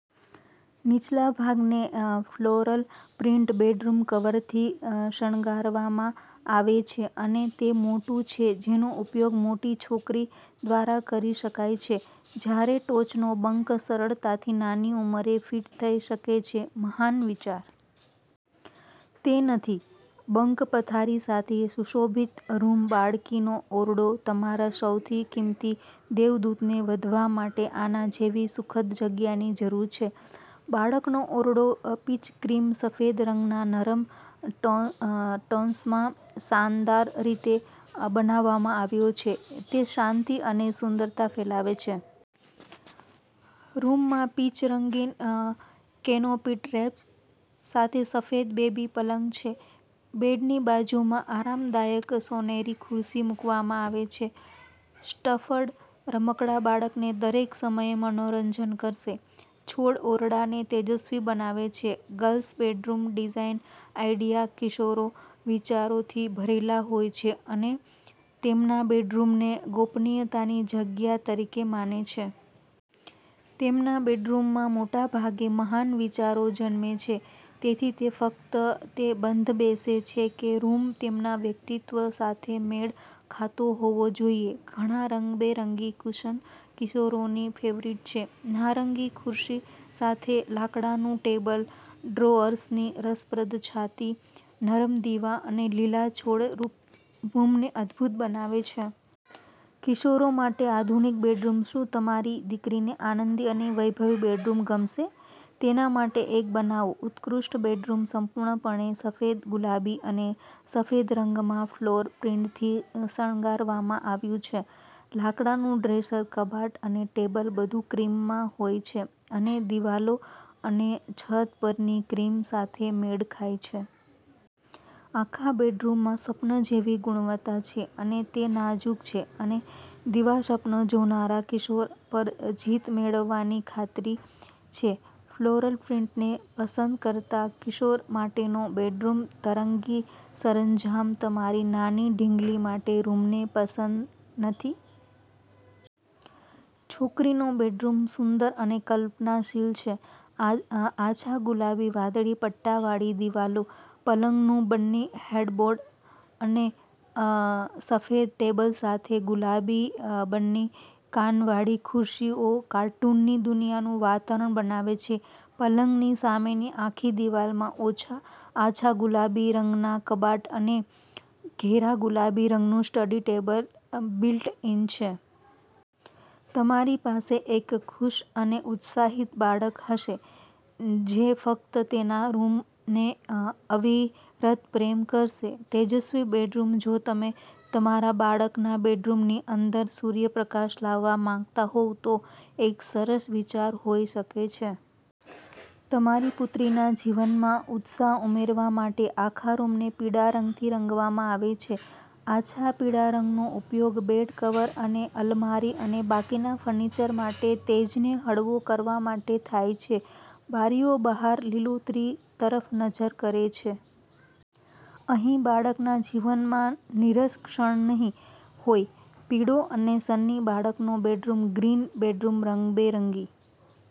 નીચલા ભાગને floral print bed કવરથી શણગારવામાં આવે છે અને તે મોટું છે જેનો ઉપયોગ મોટી છોકરી દ્વારા કરી શકાય છે જ્યારે ટોચનો બંક સરળતાથી નાની ઉંમરે ફિટ થઈ શકે છે. મહાન વિચાર! તે નથી? બંક પથારી સાથે સુશોભિત રૂમ બાળકીનો ઓરડો તમારા સૌથી કિંમતી દેવદૂતને વધવા માટે આના જેવી સુખદ જગ્યાની જરૂર છે. બાળકનો ઓરડો પીચ-ક્રીમ-સફેદ રંગના નરમ ટોન્સમાં શાનદાર રીતે બનાવવામાં આવ્યો છે. તે શાંતિ અને સુંદરતા ફેલાવે છે. રૂમમાં પીચ-રંગીન, કેનોપીડ ડ્રેપ સાથે સફેદ બેબી પલંગ છે. બેડની બાજુમાં આરામદાયક સોનેરી ખુરશી મૂકવામાં આવે છે. સ્ટફ્ડ રમકડાં બાળકને દરેક સમયે મનોરંજન કરશે. છોડ ઓરડાને તેજસ્વી બનાવે છે. ગર્લ્સ બેડરૂમ ડિઝાઇન આઈડિયા કિશોરો વિચારોથી ભરેલા હોય છે અને તેમના બેડરૂમને ગોપનીયતાની જગ્યા તરીકે માને છે. તેમના બેડરૂમમાં મોટાભાગે મહાન વિચારો જન્મે છે, તેથી તે ફક્ત તેબંધબેસે છે કે રૂમ તેમના વ્યક્તિત્વ સાથે મેળ ખાતો હોવો જોઈએ. ઘણાં રંગબેરંગી કુશન કિશોરોની ફેવરિટ છે. નારંગી ખુરશી સાથે લાકડાનું ટેબલ, ડ્રોઅર્સની રસપ્રદ છાતી, નરમ દીવા અને લીલા છોડ રૂમને અદ્ભુત બનાવે છે. કિશોરો માટે આધુનિક બેડરૂમ. શું તમારી દીકરીને આનંદી અને વૈભવી બેડરૂમ ગમશે? તેના માટે એક બનાવો. ઉત્કૃષ્ટ બેડરૂમ સંપૂર્ણપણે સફેદ ગુલાબી અને સફેદ રંગમાં ફ્લોરલ પ્રિન્ટથી શણગારવામાં આવ્યું છે. લાકડાનું ડ્રેસર, કબાટ અને ટેબલ બધું ક્રીમમાં હોય છે અને દિવાલો અને છત પરની ક્રીમ સાથે મેળ ખાય છે. આખા બેડરૂમમાં સ્વપ્ન જેવી ગુણવત્તા છે અને તે નાજુક છે અને દિવાસ્વપ્ન જોનારા કિશોર પર જીત મેળવવાની ખાતરી છે. ફ્લોરલ પ્રિન્ટને પસંદ કરતા કિશોર માટેનો બેડરૂમ તરંગી સરંજામ તમારી નાની ઢીંગલી માટે રૂમને પસંદ નથી? છોકરીનો બેડરૂમ સુંદર અને કલ્પનાશીલ છે. આછા ગુલાબી-વાદળી પટ્ટાવાળી દિવાલો, પલંગનું બન્ની હેડબોર્ડ અને સફેદ ટેબલ સાથે ગુલાબી બન્ની કાનવાળી ખુરશીઓ કાર્ટૂનની દુનિયાનું વાતાવરણ બનાવે છે. પલંગની સામેની આખી દિવાલમાં આછા ગુલાબી રંગના કબાટ અને ઘેરા ગુલાબી રંગનું સ્ટડી ટેબલ બિલ્ટ-ઇન છે. તમારી પાસે એક ખુશ અને ઉત્સાહિત બાળક હશે જે ફક્ત તેના રૂમને અવિરત પ્રેમ કરશે. તેજસ્વી બેડરૂમ જો તમે તમારા બાળકના બેડરૂમની અંદર સૂર્યપ્રકાશ લાવવા માંગતા હોવ તો એક સરસ વિચાર હોઈ શકે છે. તમારી પુત્રીના જીવનમાં ઉત્સાહ ઉમેરવા માટે આખા રૂમને પીળા રંગથી રંગવામાં આવે છે. આછા પીળા રંગનો ઉપયોગ બેડ કવર અને અલમારી અને બાકીના ફર્નિચર માટે તેજને હળવો કરવા માટે થાય છે. બારીઓ બહાર લીલોતરી તરફ નજર કરે છે. અહીં બાળકના જીવનમાં નીરસ ક્ષણ નહીં હોય! પીળો અને સન્ની બાળકનો બેડરૂમ ગ્રીન બેડરૂમ રંગબેરંગી